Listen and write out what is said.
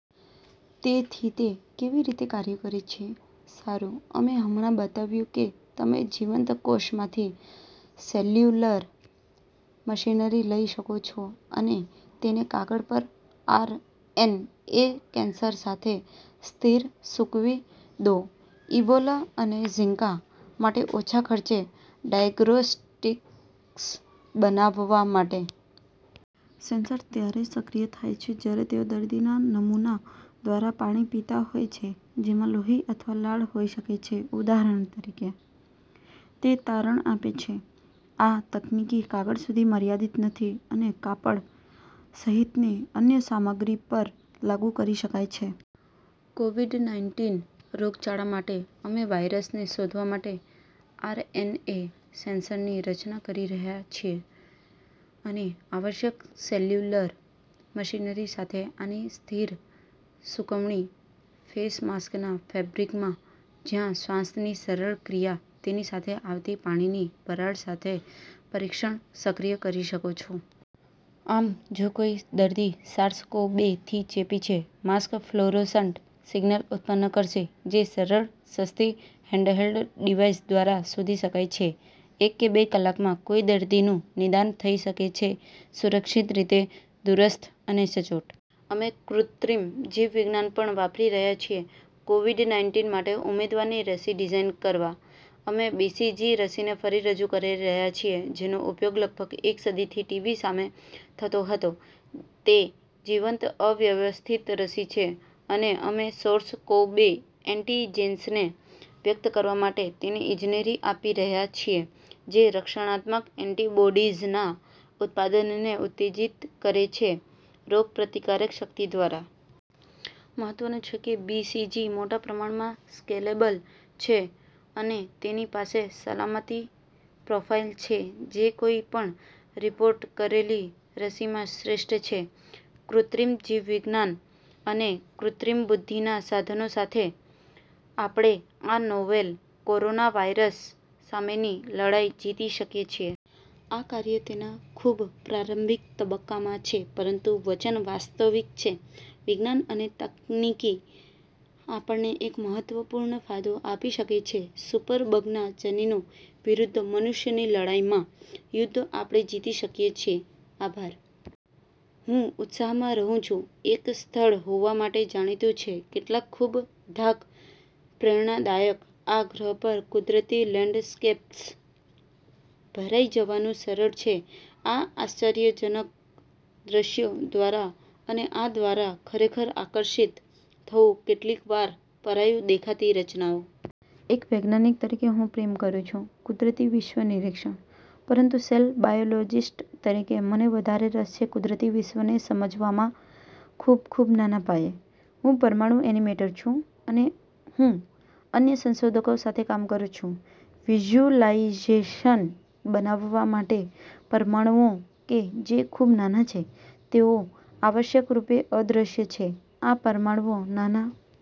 તેથીતે કેવી રીતે કાર્ય કરે છે? સારું, અમે હમણાં બતાવ્યું કે તમે જીવંત કોષમાંથી સેલ્યુલર મશીનરી લઈ શકો છો અને તેને કાગળ પર આર. એન. એ. સેન્સર સાથે સ્થિર-સૂકવી દો ઇબોલા અને ઝિકા માટે ઓછા ખર્ચે ડાયગ્નોસ્ટિક્સ બનાવવા માટે. સેન્સર ત્યારે સક્રિય થાય છે જ્યારે તેઓ દર્દીના નમૂના દ્વારા પાણી પીતા હોય છે જેમાં લોહી અથવા લાળ હોઈ શકે છે, ઉદાહરણ તરીકે. તે તારણ આપે છે, આ તકનીકી કાગળ સુધી મર્યાદિત નથી અને કાપડ સહિતની અન્ય સામગ્રી પર લાગુ કરી શકાય છે. કોવીડ-નાઇનટીન રોગચાળા માટે, અમે વાયરસને શોધવા માટે આરએનએ સેન્સરની રચના કરી રહ્યા છીએ અને આવશ્યક સેલ્યુલર મશીનરી સાથે આની સ્થિર-સૂકવણી ફેસ માસ્કના ફેબ્રિકમાં, જ્યાં શ્વાસની સરળ ક્રિયા, તેની સાથે આવતી પાણીની વરાળ સાથે, પરીક્ષણ સક્રિય કરી શકો છો। આમ, જો કોઈ દર્દી સાર્સ-કોવ-બે થી ચેપી છે, માસ્ક ફ્લોરોસન્ટ સિગ્નલ ઉત્પન્ન કરશે જે સરળ, સસ્તી હેન્ડહેલ્ડ ડિવાઇસ દ્વારા શોધી શકાય છે। એક કે બે કલાકમાં, કોઈ દર્દીનું નિદાન થઈ શકે છે સુરક્ષિત રીતે, દૂરસ્થ અને સચોટ. અમે કૃત્રિમ જીવવિજ્ઞાન પણ વાપરી રહ્યા છીએ કોવીડ-નાઇનટીન માટે ઉમેદવારની રસી ડિઝાઇન કરવા. અમે બીસીજી રસીને ફરી રજૂ કરી રહ્યા છીએ, જેનો ઉપયોગ લગભગ એક સદીથી ટીબી સામે થતો હતો. તે જીવંત અવ્યવસ્થિત રસી છે, અને અમે સાર્સ-કોવ-બે એન્ટિજેન્સને વ્યક્ત કરવા માટે તેને ઇજનેરી આપી રહ્યા છીએ, જે રક્ષણાત્મક એન્ટિબોડીઝના ઉત્પાદનને ઉત્તેજિત કરે છે રોગપ્રતિકારક શક્તિ દ્વારા। મહત્વનું છે કે, બીસીજી મોટા પ્રમાણમાં સ્કેલેબલ છે અને તેની પાસે સલામતી પ્રોફાઇલ છે જે કોઈ પણ રીપોર્ટ કરેલી રસીમાં શ્રેષ્ઠ છે. કૃત્રિમ જીવવિજ્ઞાન અને કૃત્રિમ બુદ્ધિના સાધનો સાથે, આપણે આ નોવેલ કોરોનાવાયરસ સામેની લડાઈ જીતી શકીએ છીએ. આ કાર્ય તેના ખૂબ પ્રારંભિક તબક્કામાં છે, પરંતુ વચન વાસ્તવિક છે. વિજ્ઞાન અને તકનીકી આપણને એક મહત્વપૂર્ણ ફાયદો આપી શકે છે સુપર બગના જનીનો વિરુદ્ધ મનુષ્યની લડાઇમાં, યુદ્ધ આપણે જીતી શકીએ છીએ. આભાર. હું ઉતાહમાં રહું છું, એક સ્થળ હોવા માટે જાણીતું છે કેટલાક ખૂબ ધાક-પ્રેરણાદાયક આ ગ્રહ પર કુદરતી લેન્ડસ્કેપ્સ. ભરાઈ જવાનું સરળ છે આ આશ્ચર્યજનક દૃશ્યો દ્વારા, અને આ દ્વારા ખરેખર આકર્ષિત થવું કેટલીકવાર પરાયું દેખાતી રચનાઓ. એક વૈજ્ઞાનિક તરીકે, હું પ્રેમ કરું છું કુદરતી વિશ્વ નિરીક્ષણ. પરંતુ સેલ બાયોલોજિસ્ટ તરીકે, મને વધારે રસ છે કુદરતી વિશ્વને સમજવામાં ખૂબ, ખૂબ નાના પાયે. હું પરમાણુ એનિમેટર છું, અને હું અન્ય સંશોધકો સાથે કામ કરું છું વિઝ્યુલાઇઝેશન બનાવવા માટે પરમાણુઓ કે જે ખૂબ નાના છે, તેઓ આવશ્યકરૂપે અદ્રશ્ય છે. આ પરમાણુઓ નાના